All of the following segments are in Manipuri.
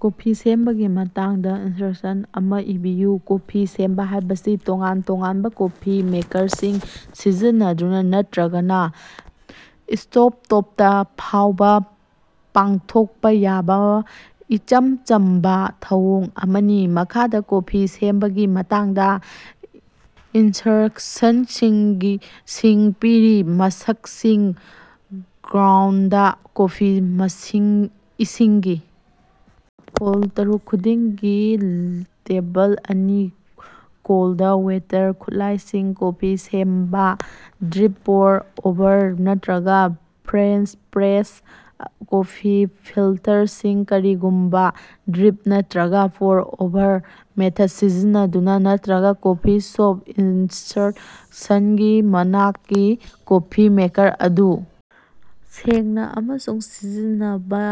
ꯀꯣꯐꯤ ꯁꯦꯝꯕꯒꯤ ꯃꯇꯥꯡꯗꯥ ꯏꯟꯁ꯭ꯠꯔꯛꯁꯟ ꯑꯃꯥ ꯏꯕꯤꯌꯨ꯫ ꯀꯣꯐꯤ ꯁꯦꯝꯕꯥ ꯍꯥꯏꯕꯁꯤ ꯇꯣꯉꯥꯟ ꯇꯣꯉꯥꯟꯕꯥ ꯀꯣꯐꯤ ꯃꯦꯀꯔꯁꯤꯡ ꯁꯤꯖꯤꯟꯅꯗꯨꯅꯥ ꯅꯠꯇ꯭ꯔꯒꯥ ꯁ꯭ꯇꯣꯕꯇꯣꯞꯇꯥ ꯐꯥꯎꯕꯥ ꯄꯥꯡꯊꯣꯛꯄꯥ ꯌꯥꯕꯥ ꯏꯆꯝ ꯆꯝꯕꯥ ꯊꯧꯑꯣꯡ ꯑꯃꯅꯤ꯫ ꯃꯈꯥꯗꯥ ꯀꯣꯐꯤ ꯁꯦꯝꯕꯒꯤ ꯃꯇꯥꯡꯗꯥ ꯏꯟꯁ꯭ꯠꯔꯛꯁꯟꯁꯤꯡ ꯄꯤꯔꯤ ꯃꯆꯥꯛꯁꯤꯡ ꯒ꯭ꯔꯥꯎꯟꯗ ꯀꯣꯐꯤ ꯏꯁꯤꯡꯒꯤ ꯑꯎꯟꯁ ꯇꯔꯨꯛ ꯈꯨꯗꯤꯡꯒꯤ ꯇꯦꯕꯜ ꯑꯅꯤ ꯀꯣꯜꯗ ꯋꯥꯇꯔ ꯈꯨꯠꯂꯥꯏꯁꯤꯡ ꯀꯣꯐꯤ ꯁꯦꯝꯕꯥ ꯗ꯭ꯔꯤꯞ, ꯄꯣꯔ ꯑꯣꯚꯔ, ꯅꯠꯇ꯭ꯔꯒꯥ ꯐ꯭ꯔꯦꯟꯆ ꯄ꯭ꯔꯦꯁ ꯀꯣꯐꯤ ꯐꯤꯜꯇꯔꯁꯤꯡ ꯀꯔꯤꯒꯨꯝꯕꯥ ꯗ꯭ꯔꯤꯞ ꯅꯠꯇ꯭ꯔꯒꯥ ꯄꯣꯔ ꯑꯣꯚꯔ ꯃꯦꯊꯗ ꯁꯤꯖꯤꯟꯅꯗꯨꯅꯥ ꯅꯠꯇ꯭ꯔꯒꯥ ꯀꯣꯐꯤ ꯁ꯭ꯀꯣꯞ ꯏꯟꯁ꯭ꯠꯔꯛꯁꯟꯁꯤꯡ ꯅꯍꯥꯛꯀꯤ ꯀꯣꯐꯤ ꯃꯦꯀꯔ ꯑꯗꯨ ꯁꯦꯡꯅꯥ ꯑꯃꯁꯨꯡ ꯁꯤꯖꯤꯟꯅꯅꯕꯥ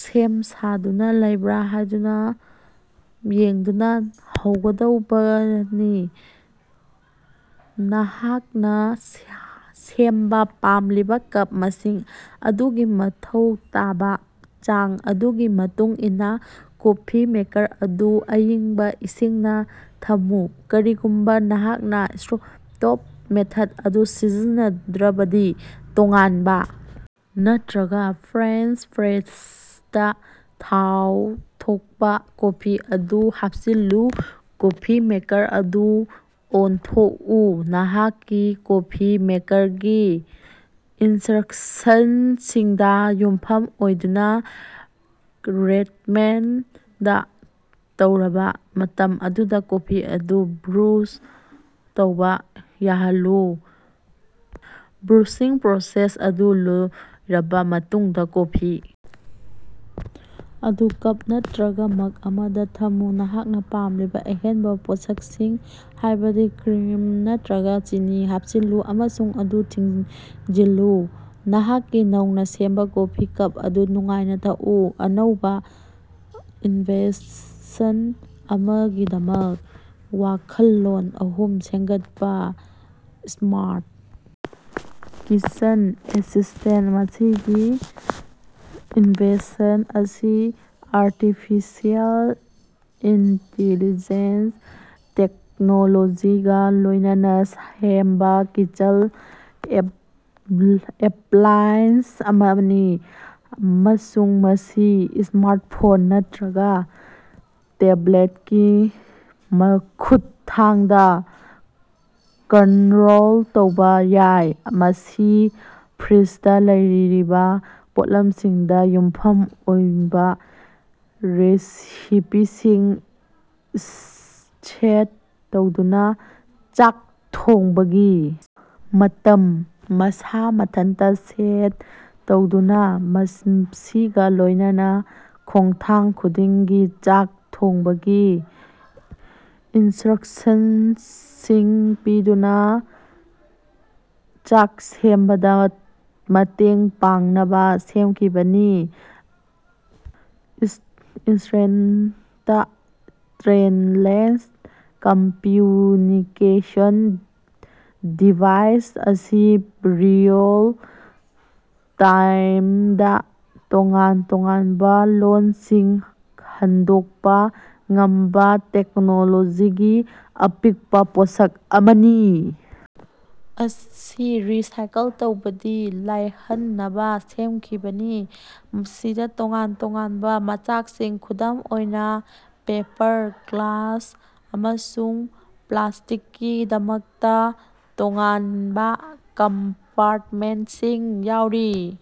ꯁꯦꯝ ꯁꯥꯗꯨꯅꯥ ꯂꯩꯕ꯭ꯔꯥ ꯍꯥꯏꯕꯗꯨ ꯌꯦꯡꯗꯨꯅꯥ ꯍꯧꯒꯗꯕꯅꯤ꯫ ꯅꯍꯥꯛꯅꯥ ꯁꯦꯝꯕꯥ ꯄꯥꯝꯂꯤꯕꯥ ꯀꯞ ꯃꯁꯤꯡ ꯑꯗꯨꯒꯤ ꯃꯊꯧ ꯇꯥꯕꯥ ꯆꯥꯡ ꯑꯗꯨꯒꯤ ꯃꯇꯨꯡꯏꯟꯅꯥ ꯀꯣꯐꯤ ꯃꯦꯀꯔ ꯑꯗꯨ ꯑꯏꯪꯕꯥ ꯏꯁꯤꯡꯅꯥ ꯊꯝꯃꯨ꯫ ꯀꯔꯤꯒꯨꯝꯕꯥ ꯅꯍꯥꯛꯅꯥ ꯁ꯭ꯇꯣꯕꯇꯣꯞ ꯃꯦꯊꯗ ꯑꯗꯨ ꯁꯤꯖꯤꯟꯅꯔꯕꯗꯤ, ꯇꯣꯉꯥꯟꯕꯥ ꯅꯠꯇ꯭ꯔꯒꯥ ꯐ꯭ꯔꯦꯟꯆ ꯄ꯭ꯔꯦꯁꯇꯥ ꯊꯥꯎ ꯊꯣꯀꯄꯥ ꯀꯣꯐꯤ ꯑꯗꯨ ꯍꯥꯄꯆꯤꯜꯂꯨ꯫ ꯀꯣꯐꯤ ꯃꯦꯀꯔ ꯑꯗꯨ ꯑꯣꯟꯊꯣꯀꯎ꯫ ꯅꯍꯥꯛꯀꯤ ꯀꯣꯐꯤ ꯃꯦꯀꯔꯒꯤ ꯏꯟꯁ꯭ꯠꯔꯛꯁꯟꯁꯤꯡꯗꯥ ꯌꯨꯝꯐꯝ ꯑꯣꯏꯗꯨꯅꯥ ꯔꯦꯀꯃꯦꯟꯗ ꯇꯧꯔꯕꯥ ꯃꯇꯝ ꯑꯗꯨꯗꯥ ꯀꯣꯐꯤ ꯑꯗꯨ ꯕ꯭ꯔꯨꯖ ꯇꯧꯕ ꯌꯥꯍꯜꯂꯨ꯫ ꯕ꯭ꯔꯨꯏꯪ ꯄ꯭ꯔꯣꯁꯦꯁ ꯑꯗꯨ ꯂꯣꯏꯔꯕꯥ ꯃꯇꯨꯡꯗꯥ, ꯀꯣꯐꯤ ꯑꯗꯨ ꯀꯞ ꯅꯠꯇ꯭ꯔꯒꯥ ꯃꯒ ꯑꯃꯗꯥ ꯊꯝꯃꯨ꯫ ꯅꯍꯥꯛꯅꯥ ꯄꯥꯝꯂꯤꯕꯥ ꯑꯍꯦꯟꯕꯥ ꯄꯣꯠꯁꯛꯁꯤꯡ, ꯍꯥꯏꯕꯗꯤ ꯀ꯭ꯔꯤꯝ ꯅꯠꯇ꯭ꯔꯒꯥ ꯆꯤꯅꯤ, ꯍꯥꯞꯆꯤꯜꯂꯨ ꯑꯃꯁꯨꯡ ꯃꯗꯨ ꯊꯤꯡꯖꯤꯜꯂꯨ꯫ ꯅꯍꯥꯛꯀꯤ ꯅꯧꯅꯥ ꯁꯦꯝꯕꯥ ꯀꯣꯐꯤ ꯀꯞ ꯑꯗꯨ ꯅꯨꯡꯉꯥꯏꯅꯥ ꯊꯛꯎ꯫ ꯑꯅꯧꯕꯥ ꯏꯟꯚꯦꯟꯁꯟ ꯑꯃꯒꯤꯗꯃꯛ ꯋꯥꯈꯜꯂꯣꯟ ꯑꯍꯨꯝ ꯁꯦꯝꯒꯠꯄꯥ꯫ ꯁ꯭ꯃꯥꯔꯠ ꯀꯤꯆꯦꯟ ꯑꯦꯁꯤꯁ꯭ꯇꯦꯟꯇ ꯃꯁꯤꯒꯤ ꯏꯟꯚꯦꯟꯁꯟ ꯑꯁꯤ ꯑꯥꯔꯇꯤꯐꯤꯁꯤꯑꯦꯜ ꯏꯟꯇꯤꯂꯤꯖꯦꯟꯁ ꯇꯦꯛꯅꯣꯂꯣꯖꯤꯒꯥ ꯂꯣꯏꯅꯅꯥ ꯁꯦꯝꯕꯥ ꯀꯤꯆꯦꯟ ꯑꯦꯞꯂꯥꯏꯑꯦꯟꯁ ꯑꯃꯅꯤ ꯑꯃꯁꯨꯡ ꯃꯁꯤ ꯁ꯭ꯃꯥꯔꯠꯐꯣꯟ ꯅꯠꯔꯒꯥ ꯇꯦꯕꯂꯒꯤ ꯈꯨꯠꯊꯥꯡꯗꯥ ꯀꯟꯠꯔꯣꯜ ꯇꯧꯕ ꯌꯥꯏ꯫ ꯃꯁꯤ ꯐ꯭ꯔꯤꯖꯗꯥ ꯂꯩꯔꯤꯕꯥ ꯄꯣꯠꯂꯝꯁꯤꯡꯗꯥ ꯌꯨꯝꯐꯝ ꯑꯣꯏꯕꯥ ꯔꯦꯁꯤꯄꯤꯁꯤꯡ ꯁꯖꯦꯁ꯭ꯠ ꯇꯧꯗꯨꯅꯥ, ꯆꯥꯛ ꯊꯣꯡꯕꯒꯤ ꯃꯇꯝ ꯃꯁꯥ ꯃꯊꯟꯇꯥ ꯁꯦꯠ ꯇꯧꯗꯨꯅꯥ, ꯃꯁꯤꯒꯥ ꯂꯣꯏꯅꯅꯥ ꯈꯣꯡꯊꯥꯡ ꯈꯨꯗꯤꯡꯒꯤ ꯆꯥꯛ ꯊꯣꯡꯕꯒꯤ ꯏꯟꯁ꯭ꯠꯔꯛꯁꯟꯁꯤꯡ ꯄꯤꯗꯨꯅꯥ ꯆꯥꯛ ꯁꯦꯝꯕꯗꯥ ꯃꯇꯦꯡ ꯄꯥꯡꯅꯕꯥ ꯁꯦꯝꯈꯤꯕꯅꯤ꯫ ꯏꯅꯁ꯭ꯇꯦꯟꯇ ꯇ꯭ꯔꯥꯟꯁꯂꯦꯁꯟ ꯀꯝꯃꯌꯨꯅꯤꯀꯦꯁꯟ ꯗꯤꯚꯥꯏꯁ ꯑꯁꯤ ꯔꯤꯑꯦꯜ-ꯇꯥꯏꯝꯗꯥ ꯇꯣꯉꯥꯟ ꯇꯣꯉꯥꯟꯕꯥ ꯂꯣꯟꯁꯤꯡ ꯍꯟꯗꯣꯛꯄꯥ ꯉꯝꯕꯥ ꯇꯦꯛꯅꯣꯂꯣꯖꯤꯒꯤ ꯑꯄꯤꯛꯄꯥ ꯄꯣꯠꯁꯛ ꯑꯃꯅꯤ꯫ ꯑꯁꯤ ꯔꯤꯁꯥꯏꯀꯜ ꯇꯧꯕꯗꯥ ꯂꯥꯏꯍꯟꯅꯕꯥ ꯁꯦꯝꯈꯤꯕꯅꯤ, ꯃꯁꯤꯗꯥ ꯇꯣꯉꯥꯟ ꯇꯣꯉꯥꯟꯕꯥ ꯃꯆꯥꯛꯁꯤꯡ, ꯈꯨꯗꯝ ꯑꯣꯏꯅꯥ ꯄꯦꯄꯔ, ꯒ꯭ꯂꯥꯁ, ꯑꯃꯁꯨꯡ ꯄ꯭ꯂꯥꯁ꯭ꯇꯤꯛꯀꯤꯗꯃꯛꯇꯥ ꯇꯣꯉꯥꯅꯕꯥ ꯀꯝꯄꯥꯔꯇꯃꯦꯟꯠꯁꯤꯡ ꯌꯥꯎꯔꯤ꯫